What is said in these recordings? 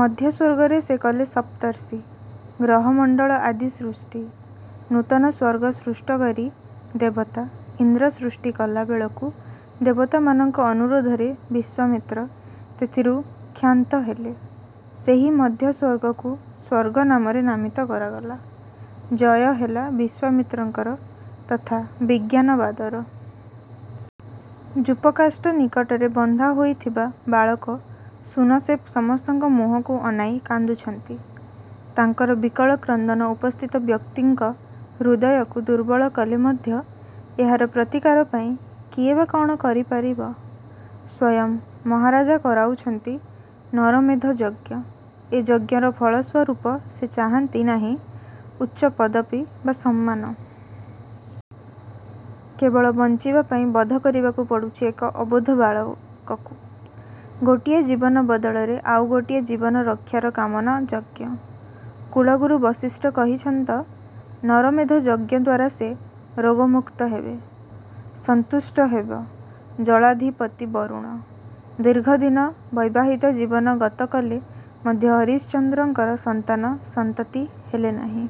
ମଧ୍ୟ ସ୍ୱର୍ଗରେ ସେ କଲେ ସପ୍ତର୍ଷୀ, ଗ୍ରହମଣ୍ଡଳ ଆଦି ସୃଷ୍ଟି। ନୂତନ ସ୍ୱର୍ଗ ସୃଷ୍ଟ କରି ଦେବତା, ଇନ୍ଦ୍ର ସୃଷ୍ଟିକଲା ବେଳକୁ ଦେବତାମାନଙ୍କ ଅନୁରୋଧରେ ବିଶ୍ୱାମିତ୍ର ସେଥିରୁ କ୍ଷାନ୍ତ ହେଲେ। ସେହି ମଧ୍ୟସ୍ୱର୍ଗକୁ ସ୍ୱର୍ଗ ନାମରେ ନାମିତ କରାଗଲା। ଜୟ ହେଲା ବିଶ୍ୱାମିତ୍ରଙ୍କର ତଥା ବିଜ୍ଞାନବାଦର। ଯୂପ କାଷ୍ଠ ନିକଟରେ ବନ୍ଧା ହୋଇଥିବା ବାଳକ ଶୂନଶେଫ ସମସ୍ତଙ୍କ ମୁହଁକୁ ଅନାଇ କାନ୍ଦୁଛନ୍ତି। ତାଙ୍କର ବିକଳ କ୍ରନ୍ଦନ ଉପସ୍ଥିତ ବ୍ୟକ୍ତିଙ୍କ ହୃଦୟକୁ ଦୁର୍ବଳ କଲେ ମଧ୍ୟ ଏହାର ପ୍ରତିକାର ପାଇଁ କିଏବା କ'ଣ କରିପାରିବ। ସ୍ୱୟଂ ମହାରାଜା କରାଉଛନ୍ତି ନରମେଧ ଯଜ୍ଞ। ଏ ଯଜ୍ଞର ଫଳ ସ୍ୱରୂପ ସେ ଚାହାଁନ୍ତି ନାହିଁ ଉଚ୍ଚପଦବୀ ବା ସମ୍ମାନ। କେବଳ ବଞ୍ଚିବା ପାଇଁ ବଧ କରିବାକୁ ପଡ଼ୁଛି ଏକ ଅବୋଧ ବାଳକକୁ। ଗୋଟିଏ ଜୀବନ ବଦଳରେ ଆଉ ଗୋଟିଏ ଜୀବନ ରକ୍ଷାର କାମନା ଯଜ୍ଞ। କୁଳଗୁର ବଶିଷ୍ଠ କହିଛିନ୍ତ, ନରମେଧ ଯଜ୍ଞ ଦ୍ୱାରା ସେ ରୋଗମୁକ୍ତ ହେବେ। ସନ୍ତୁଷ୍ଟ ହେବ ଜଳାଧିପତି ବରୁଣ। ଦୀର୍ଘ ଦିନ ବୈବାହିତ ଜୀବନ ଗତ କଲେ ମଧ୍ୟ ହରିଶ୍ଚନ୍ଦ୍ରଙ୍କର ସନ୍ତାନ ସନ୍ତତି ହେଲେ ନାହିଁ।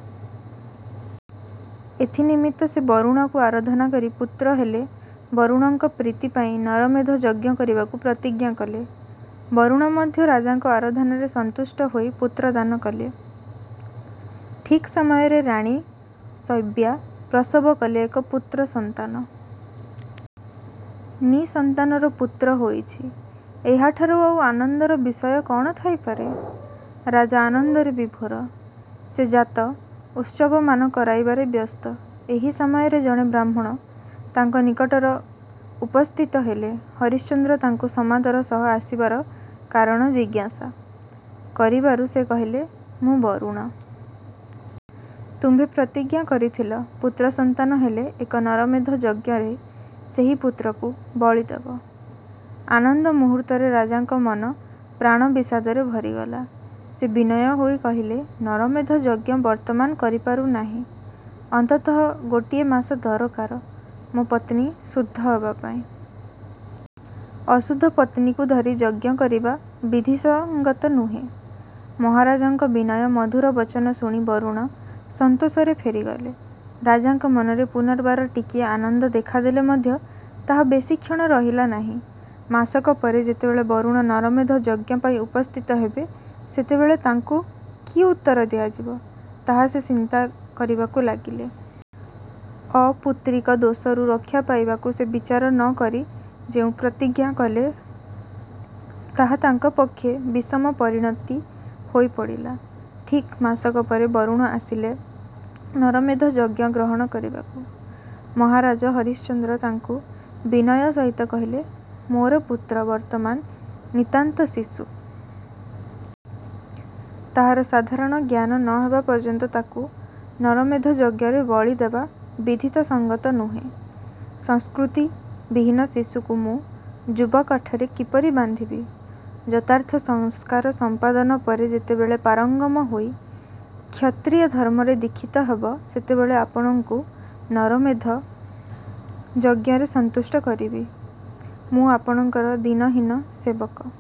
ଏଥି ନିମିତ୍ତ ସେ ବରୁଣକୁ ଆରାଧନା କରି ପୁତ୍ର ହେଲେ ବରୁଣଙ୍କ ପ୍ରୀତି ପାଇଁ ନରମେଧ ଯଜ୍ଞ କରିବାକୁ ପ୍ରତିଜ୍ଞା କଲେ। ବରୁଣ ମଧ୍ୟ ରାଜାଙ୍କ ଆରାଧନାରେ ସନ୍ତୁଷ୍ଟ ହୋଇ ପୁତ୍ର ଦାନ କଲେ। ଠିକ୍ ସମୟରେ ରାଣୀ ଶୈବ୍ୟା ପ୍ରସବ କଲେ ଏକ ପୁତ୍ର ସନ୍ତାନ। ନିଃସନ୍ତାନର ପୁତ୍ର ହୋଇଛି, ଏହାଠାରୁ ଆଉ ଆନନ୍ଦର ବିଷୟ କଣ ଥାଇପାରେ! ରାଜା ଆନନ୍ଦରେ ବିଭୋର। ସେ ଜାତ ଉତ୍ସବମାନ କରାଇବାରେ ବ୍ୟସ୍ତ। ଏହି ସମୟରେ ଜଣେ ବ୍ରାହ୍ମଣ ତାଙ୍କ ନିକଟରେ ଉପସ୍ଥିତ ହେଲେ। ହରିଶ୍ଚନ୍ଦ୍ର ତାଙ୍କୁ ସମାଦର ସହ ଆସିବାର କାରଣ ଜିଜ୍ଞାସା। କରିବାରୁ ସେ କହିଲେ ''ମୁଁ ବରୁଣ। ତୁମ୍ଭେ ପ୍ରତିଜ୍ଞା କରିଥିଲ ପୁତ୍ରସନ୍ତାନ ହେଲେ ଏକ ନରମେଧ ଯଜ୍ଞରେ ସେହି ପୁତ୍ରକୁ ବଳି ଦେବ। '' ଆନନ୍ଦ ମୁହୂର୍ତ୍ତରେ ରାଜାଙ୍କ ମନ ପ୍ରାଣ ବିଷାଦରେ ଭରିଗଲା। ସେ ବିନୟ ହୋଇ କହିଲେ, ନରମେଧ ଯଜ୍ଞ ବର୍ତ୍ତମାନ କରିପାରୁ ନାହିଁ। ଅନ୍ତତଃ ଗୋଟିଏ ମାସ ଦରକାର ମୋ ପତ୍ନୀ ଶୁଦ୍ଧ ହେବା ପାଇଁ। ଅଶୁଦ୍ଧ ପତ୍ନୀକୁ ଧରି ଯଜ୍ଞ କରିବା ବିଧିସଙ୍ଗତ ନୁହେଁ। ମହାରାଜାଙ୍କ ବିନୟ ମଧୁର ବଚନ ଶୁଣି ବରୁଣ ସନ୍ତୋଷରେ ଫେରିଗଲେ। ରାଜାଙ୍କ ମନରେ ପୁନର୍ବାର ଟିକିଏ ଆନନ୍ଦ ଦେଖାଦେଲେ ମଧ୍ୟ ତାହା ବେଶି କ୍ଷଣ ରହିଲା ନାହିଁ। ମାସକ ପରେ ଯେତେବେଳେ ବରୁଣ ନରମେଧ ଯଜ୍ଞ ପାଇଁ ଉପସ୍ଥିତ ହେବେ ସେତେବେଳେ ତାଙ୍କୁ କି ଉତ୍ତର ଦିଆଯିବ ତାହା ସେ ଚିନ୍ତା କରିବାକୁ ଲାଗିଲେ। ଅପୁତ୍ରିକ ଦୋଷରୁ ରକ୍ଷା ପାଇବାକୁ ସେ ବିଚାର ନ କରି ଯେଉଁ ପ୍ରତିଜ୍ଞା କଲେ ତାହା ତାଙ୍କ ପକ୍ଷେ ବିଷମ ପରିଣତି ହୋଇ ପଡ଼ିଲା। ଠିକ୍ ମାସକପରେ ବରୁଣ ଆସିଲେ ନରମେଧ ଯଜ୍ଞ ଗ୍ରହଣ କରିବାକୁ। ମହାରାଜ ହରିଶ୍ଚନ୍ଦ୍ର ତାଙ୍କୁ ବିନୟ ସହିତ କହିଲେ, ମୋର ପୁତ୍ର ବର୍ତ୍ତମାନ ନିତାନ୍ତ ଶିଶୁ। ତାହାର ସାଧାରଣ ଜ୍ଞାନ ନ ହେବା ପର୍ଯ୍ୟନ୍ତ ତାକୁ ନରମେଧ ଯଜ୍ଞରେ ବଳି ଦେବା ବିଧିସଙ୍ଗତ ନୁହେଁ। ସଂସ୍କୃତି ବିହୀନ ଶିଶୁକୁ ମୁଁ ଯୂପକାଠରେ କିପରି ବାନ୍ଧିବି? ଯଥାର୍ଥ ସଂସ୍କାର ସମ୍ପାଦନ ପରେ ଯେତେବେଳେ ପାରଙ୍ଗମ ହୋଇ କ୍ଷତ୍ରୀୟ ଧର୍ମରେ ଦୀକ୍ଷିତ ହେବ ସେତେବେଳେ ଆପଣଙ୍କୁ ନରମେଧ ଯଜ୍ଞରେ ସନ୍ତୁଷ୍ଟ କରିବି। ମୁଁ ଆପଣଙ୍କର ଦୀନହୀନ ସେବକ।